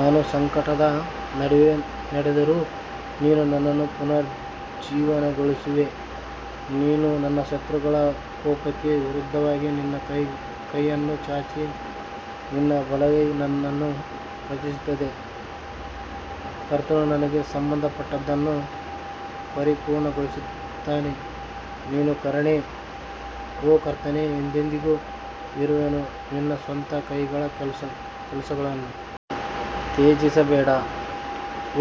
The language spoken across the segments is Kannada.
ನಾನು ಸಂಕಟದ ನಡುವೆ ನಡೆದರೂ ನೀನು ನನ್ನನ್ನು ಪುನರುಜ್ಜೀವನಗೊಳಿಸುವೆ ನೀನು ನನ್ನ ಶತ್ರುಗಳ ಕೋಪಕ್ಕೆ ವಿರುದ್ಧವಾಗಿ ನಿನ್ನ ಕೈಯನ್ನು ಚಾಚಿ ನಿನ್ನ ಬಲಗೈ ನನ್ನನ್ನು ರಕ್ಷಿಸುತ್ತದೆ ಕರ್ತನು ನನಗೆ ಸಂಬಂಧಪಟ್ಟದ್ದನ್ನು ಪರಿಪೂರ್ಣಗೊಳಿಸುತ್ತಾನೆ ನಿನ್ನ ಕರುಣೆ ಓ ಕರ್ತನೇ ಎಂದೆಂದಿಗೂ ಇರುವನು ನಿನ್ನ ಸ್ವಂತ ಕೈಗಳ ಕೆಲಸಗಳನ್ನು ತ್ಯಜಿಸಬೇಡ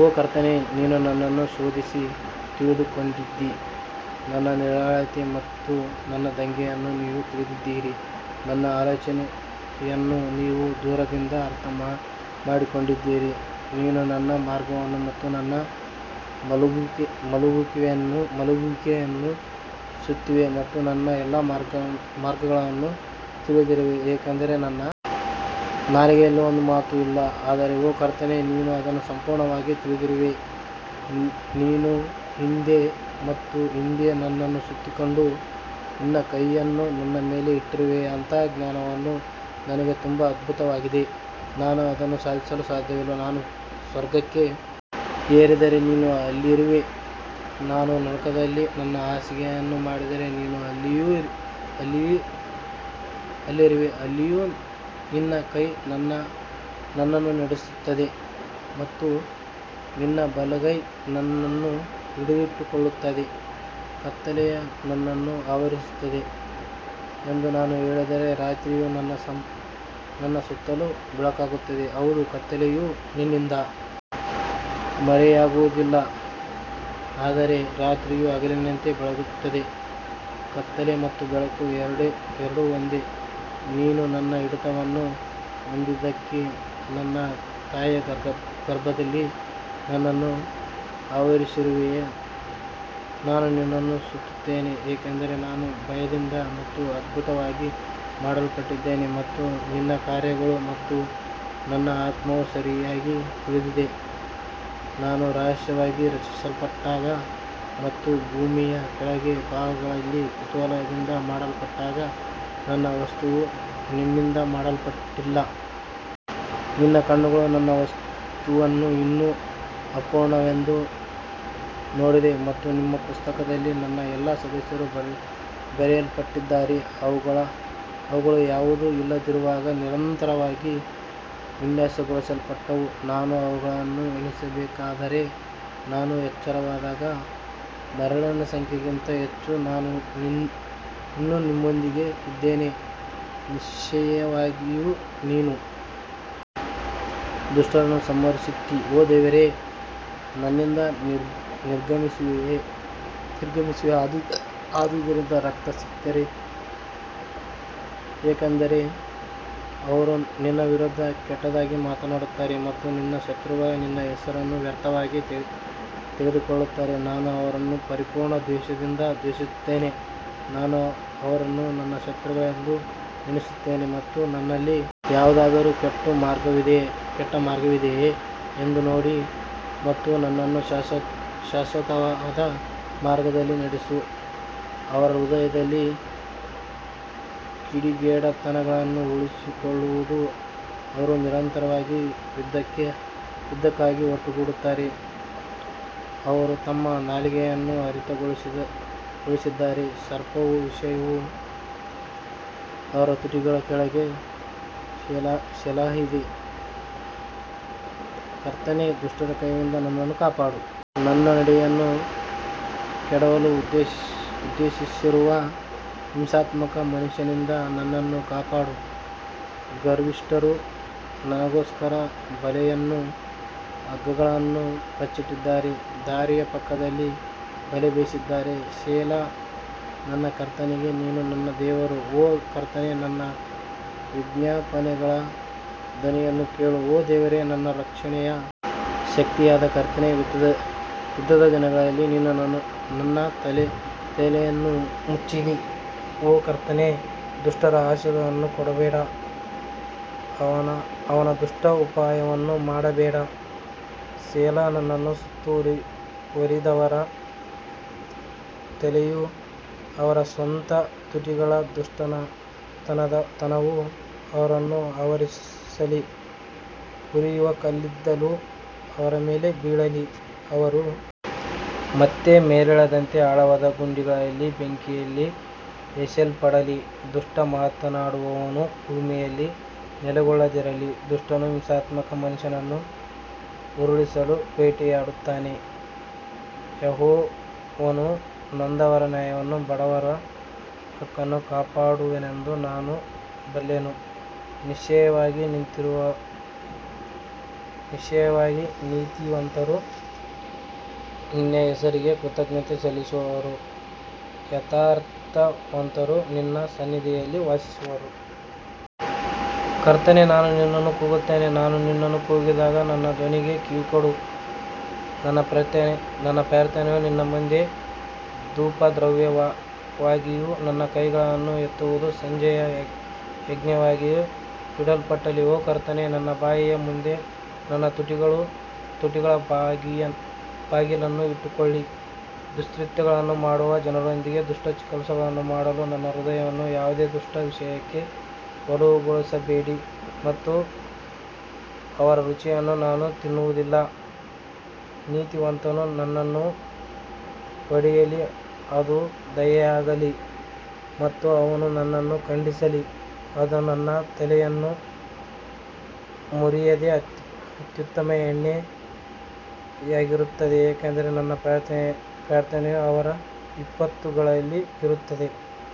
ಓ ಕರ್ತನೇ ನೀನು ನನ್ನನ್ನು ಶೋಧಿಸಿ ತಿಳಿದುಕೊಂಡಿದ್ದೀ ನನ್ನ ನಿರಾಳತೆ ಮತ್ತು ನನ್ನ ದಂಗೆಯನ್ನು ನೀವು ತಿಳಿದಿದ್ದೀರಿ, ನನ್ನ ಆಲೋಚನೆಯನ್ನು ನೀವು ದೂರದಿಂದ ಅರ್ಥಮಾಡಿಕೊಂಡಿದ್ದೀರಿ ನೀನು ನನ್ನ ಮಾರ್ಗವನ್ನು ಮತ್ತು ನನ್ನ ಮಲಗುವಿಕೆಯನ್ನು ಸುತ್ತುವೆ ಮತ್ತು ನನ್ನ ಎಲ್ಲಾ ಮಾರ್ಗಗಳನ್ನು ತಿಳಿದಿರುವೆ ಯಾಕಂದರೆ ನನ್ನ ನಾಲಿಗೆಯಲ್ಲಿ ಒಂದು ಮಾತು ಇಲ್ಲ ಆದರೆ ಓ ಕರ್ತನೇ ನೀನು ಅದನ್ನು ಸಂಪೂರ್ಣವಾಗಿ ತಿಳಿದಿರುವೆ ನೀನು ಹಿಂದೆ ಮತ್ತು ಹಿಂದೆ ನನ್ನನ್ನು ಸುತ್ತಿಕೊಂಡು ನಿನ್ನ ಕೈಯನ್ನು ನನ್ನ ಮೇಲೆ ಇಟ್ಟಿರುವೆ ಅಂತಹ ಜ್ಞಾನವು ನನಗೆ ತುಂಬಾ ಅದ್ಭುತವಾಗಿದೆ, ನಾನು ಅದನ್ನು ಸಾಧಿಸಲು ಸಾಧ್ಯವಿಲ್ಲ ನಾನು ಸ್ವರ್ಗಕ್ಕೆ ಏರಿದರೆ ನೀನು ಅಲ್ಲಿರುವೆ ನಾನು ನರಕದಲ್ಲಿ ನನ್ನ ಹಾಸಿಗೆಯನ್ನು ಮಾಡಿದರೆ ನೀನು ಅಲ್ಲಿರುವೆ ಅಲ್ಲಿಯೂ ನಿನ್ನ ಕೈ ನನ್ನನ್ನು ನಡೆಸುತ್ತದೆ ಮತ್ತು ನಿನ್ನ ಬಲಗೈ ನನ್ನನ್ನು ಹಿಡಿದಿಟ್ಟುಕೊಳ್ಳುತ್ತದೆ ಕತ್ತಲೆ ನನ್ನನ್ನು ಆವರಿಸುತ್ತದೆ ಎಂದು ನಾನು ಹೇಳಿದರೆ ರಾತ್ರಿಯೂ ನನ್ನ ಸುತ್ತಲೂ ಬೆಳಕಾಗುತ್ತದೆ ಹೌದು ಕತ್ತಲೆಯು ನಿನ್ನಿಂದ ಮರೆಯಾಗುವುದಿಲ್ಲ ಆದರೆ ರಾತ್ರಿಯು ಹಗಲಿನಂತೆ ಬೆಳಗುತ್ತದೆ ಕತ್ತಲೆ ಮತ್ತು ಬೆಳಕು ಎರಡೂ ಒಂದೇ ನೀನು ನನ್ನ ಹಿಡಿತವನ್ನು ಹೊಂದಿದ್ದಕ್ಕಾಗಿ ನನ್ನ ತಾಯಿಯ ಗರ್ಭದಲ್ಲಿ ನನ್ನನ್ನು ಆವರಿಸಿರುವೆ ನಾನು ನಿನ್ನನ್ನು ಸ್ತುತಿಸುತ್ತೇನೆ ಏಕೆಂದರೆ ನಾನು ಭಯದಿಂದ ಮತ್ತು ಅದ್ಭುತವಾಗಿ ಮಾಡಲ್ಪಟ್ಟಿದ್ದೇನೆ ಮತ್ತು ನಿನ್ನ ಕಾರ್ಯಗಳು ಮತ್ತು ನನ್ನ ಆತ್ಮವು ಸರಿಯಾಗಿ ತಿಳಿದಿದೆ ನಾನು ರಹಸ್ಯವಾಗಿ ರಚಿಸಲ್ಪಟ್ಟಾಗ ಮತ್ತು ಭೂಮಿಯ ಕೆಳಗಿನ ಭಾಗಗಳಲ್ಲಿ ಕುತೂಹಲದಿಂದ ಮಾಡಲ್ಪಟ್ಟಾಗ ನನ್ನ ವಸ್ತುವು ನಿನ್ನಿಂದ ಮರೆಮಾಡಲ್ಪಟ್ಟಿಲ್ಲ. ನಿನ್ನ ಕಣ್ಣುಗಳು ನನ್ನ ವಸ್ತುವನ್ನು ಇನ್ನೂ ಅಪೂರ್ಣವೆಂದು ನೋಡಿದೆ ಮತ್ತು ನಿಮ್ಮ ಪುಸ್ತಕದಲ್ಲಿ ನನ್ನ ಎಲ್ಲಾ ಸದಸ್ಯರು ಬರೆಯಲ್ಪಟ್ಟಿದ್ದಾರೆ, ಅವುಗಳು ಯಾವುದೂ ಇಲ್ಲದಿರುವಾಗ ನಿರಂತರವಾಗಿ ವಿನ್ಯಾಸಗೊಳಿಸಲ್ಪಟ್ಟವು. ನಾನು ಅವುಗಳನ್ನು ಎಣಿಸಬೇಕಾದರೆ, ನಾನು ಎಚ್ಚರವಾದಾಗ ಮರಳಿನ ಸಂಖ್ಯೆಗಿಂತ ಹೆಚ್ಚು, ನಾನು ಇನ್ನೂ ನಿಮ್ಮೊಂದಿಗೆ ಇದ್ದೇನೆ ನಿಶ್ಚಯವಾಗಿಯೂ ನೀನು ದುಷ್ಟರನ್ನು ಸಂಹರಿಸುತ್ತೀ ಓ ದೇವರೇ ನನ್ನಿಂದ ನಿರ್ಗಮಿಸುವೆ ಆದ್ದರಿಂದ ರಕ್ತಸಿಕ್ತರೇ ಯಾಕಂದರೆ ಅವರು ನಿನ್ನ ವಿರುದ್ಧ ಕೆಟ್ಟದಾಗಿ ಮಾತನಾಡುತ್ತಾರೆ ಮತ್ತು ನಿನ್ನ ಶತ್ರುಗಳು ನಿನ್ನ ಹೆಸರನ್ನು ವ್ಯರ್ಥವಾಗಿ ತೆಗೆದುಕೊಳ್ಳುತ್ತಾರೆ ನಾನು ಅವರನ್ನು ಪರಿಪೂರ್ಣ ದ್ವೇಷದಿಂದ ದ್ವೇಷಿಸುತ್ತೇನೆ ನಾನು ಅವರನ್ನು ನನ್ನ ಶತ್ರುಗಳೆಂದು ಎಣಿಸುತ್ತೇನೆ ಮತ್ತು ನನ್ನಲ್ಲಿ ಯಾವುದಾದರೂ ಕೆಟ್ಟ ಮಾರ್ಗವಿದೆಯೇ ಎಂದು ನೋಡಿ ಮತ್ತು ನನ್ನನ್ನು ಶಾಶ್ವತವಾದ ಮಾರ್ಗದಲ್ಲಿ ನಡೆಸು ಅವರ ಹೃದಯದಲ್ಲಿ ಕಿಡಿಗೇಡಿತನಗಳನ್ನು ಊಹಿಸಿಕೊಳ್ಳುವುದು ಅವರು ನಿರಂತರವಾಗಿ ಯುದ್ಧಕ್ಕಾಗಿ ಒಟ್ಟುಗೂಡುತ್ತಾರೆ ಅವರು ತಮ್ಮ ನಾಲಿಗೆಯನ್ನು ಹರಿತಗೊಳಿಸಿದ್ದಾರೆ ಸರ್ಪವು ವಿಷವು ಅವರ ತುಟಿಗಳ ಕೆಳಗೆ ಸೆಲಾಹಿದೆ ಕರ್ತನೇ, ದುಷ್ಟರ ಕೈಯಿಂದ ನನ್ನನ್ನು ಕಾಪಾಡು, ನನ್ನ ನಡೆಯನ್ನು ಕೆಡವಲು ಉದ್ದೇಶಿಸಿರುವ ಹಿಂಸಾತ್ಮಕ ಮನುಷ್ಯನಿಂದ ನನ್ನನ್ನು ಕಾಪಾಡು ಗರ್ವಿಷ್ಠರು ನನಗೋಸ್ಕರ ಬಲೆಯನ್ನೂ ಹಗ್ಗಗಳನ್ನೂ ಬಚ್ಚಿಟ್ಟಿದ್ದಾರೆ ದಾರಿಯ ಪಕ್ಕದಲ್ಲಿ ಬಲೆ ಬೀಸಿದ್ದಾರೆ ಸೆಲಾ ನಾನು ಕರ್ತನಿಗೆ ನೀನು ನನ್ನ ದೇವರು, ಓ ಕರ್ತನೇ ನನ್ನ ವಿಜ್ಞಾಪನೆಗಳ ಧ್ವನಿಯನ್ನು ಕೇಳು ಓ ದೇವರೇ, ನನ್ನ ರಕ್ಷಣೆಯ ಶಕ್ತಿಯಾದ ಕರ್ತನೇ, ಯುದ್ಧದ ದಿನದಲ್ಲಿ ನೀನು ನನ್ನ ತಲೆಯನ್ನು ಮುಚ್ಚಿದ್ದೀ ಓ ಕರ್ತನೇ ದುಷ್ಟರ ಆಸೆಗಳನ್ನು ಕೊಡಬೇಡ ಅವನ ದುಷ್ಟ ಉಪಾಯವನ್ನು ಮಾಡಬೇಡ ಸೆಲಾ ನನ್ನನ್ನು ಸುತ್ತುವರಿದವರ ತಲೆಯು ಅವರ ಸ್ವಂತ ತುಟಿಗಳ ದುಷ್ಟತನವು ಅವರನ್ನು ಆವರಿಸಲಿ ಉರಿಯುವ ಕಲ್ಲಿದ್ದಲು ಅವರ ಮೇಲೆ ಬೀಳಲಿ, ಅವರು ಮತ್ತೆ ಮೇಲೇಳದಂತೆ ಆಳವಾದ ಗುಂಡಿಗಳಲ್ಲಿ ಬೆಂಕಿಯಲ್ಲಿ ಎಸೆಯಲ್ಪಡಲಿ ದುಷ್ಟ ಮಾತನಾಡುವವನು ಭೂಮಿಯಲ್ಲಿ ನೆಲೆಗೊಳ್ಳದಿರಲಿ, ದುಷ್ಟನು ಹಿಂಸಾತ್ಮಕ ಮನುಷ್ಯನನ್ನು ಉರುಳಿಸಲು ಬೇಟೆಯಾಡುತ್ತಾನೆ ಯೆಹೋವನು ನೊಂದವರ ನ್ಯಾಯವನ್ನೂ ಬಡವರ ಹಕ್ಕನ್ನೂ ಕಾಪಾಡುವನೆಂದು ನಾನು ಬಲ್ಲೆನು ನಿಶ್ಚಯವಾಗಿ ನೀತಿವಂತರು ನಿನ್ನ ಹೆಸರಿಗೆ ಕೃತಜ್ಞತೆ ಸಲ್ಲಿಸುವರು ಯಥಾರ್ಥವಂತರು ನಿನ್ನ ಸನ್ನಿಧಿಯಲ್ಲಿ ವಾಸಿಸುವರು ಕರ್ತನೇ, ನಾನು ನಿನ್ನನ್ನು ಕೂಗುತ್ತೇನೆ, ನಾನು ನಿನ್ನನ್ನು ಕೂಗಿದಾಗ ನನ್ನ ಧ್ವನಿಗೆ ಕಿವಿಗೊಡು ನನ್ನ ಪ್ರಾರ್ಥನೆಯು ನಿನ್ನ ಮುಂದೆ ಧೂಪದ್ರವ್ಯವಾಗಿಯೂ ನನ್ನ ಕೈಗಳನ್ನು ಎತ್ತುವುದು ಸಂಜೆಯ ಯಜ್ಞವಾಗಿಯೂ ಇಡಲ್ಪಡಲಿ ಓ ಕರ್ತನೇ, ನನ್ನ ಬಾಯಿಯ ಮುಂದೆ ನನ್ನ ತುಟಿಗಳ ಬಾಗಿಲನ್ನು ಇಟ್ಟುಕೊಳ್ಳಿ ದುಷ್ಕೃತ್ಯಗಳನ್ನು ಮಾಡುವ ಜನರೊಂದಿಗೆ ದುಷ್ಟ ಕೆಲಸಗಳನ್ನು ಮಾಡಲು ನನ್ನ ಹೃದಯವನ್ನು ಯಾವುದೇ ದುಷ್ಟ ವಿಷಯಕ್ಕೆ ಒಲವುಗೊಳಿಸಬೇಡಿ ಮತ್ತು ಅವರ ರುಚಿಯನ್ನು ನಾನು ತಿನ್ನುವುದಿಲ್ಲ ನೀತಿವಂತನು ನನ್ನನ್ನು ಹೊಡೆಯಲಿ ಅದು ದಯೆಯಾಗಲಿ ಮತ್ತು ಅವನು ನನ್ನನ್ನು ಖಂಡಿಸಲಿ ಅದು ನನ್ನ ತಲೆಯನ್ನು ಮುರಿಯದ ಅತ್ಯುತ್ತಮ ಎಣ್ಣೆಯಾಗಿರುತ್ತದೆ ಏಕೆಂದರೆ ನನ್ನ ಪ್ರಾರ್ಥನೆಯು ಅವರ ವಿಪತ್ತುಗಳಲ್ಲಿಯೂ ಇರುತ್ತದೆ.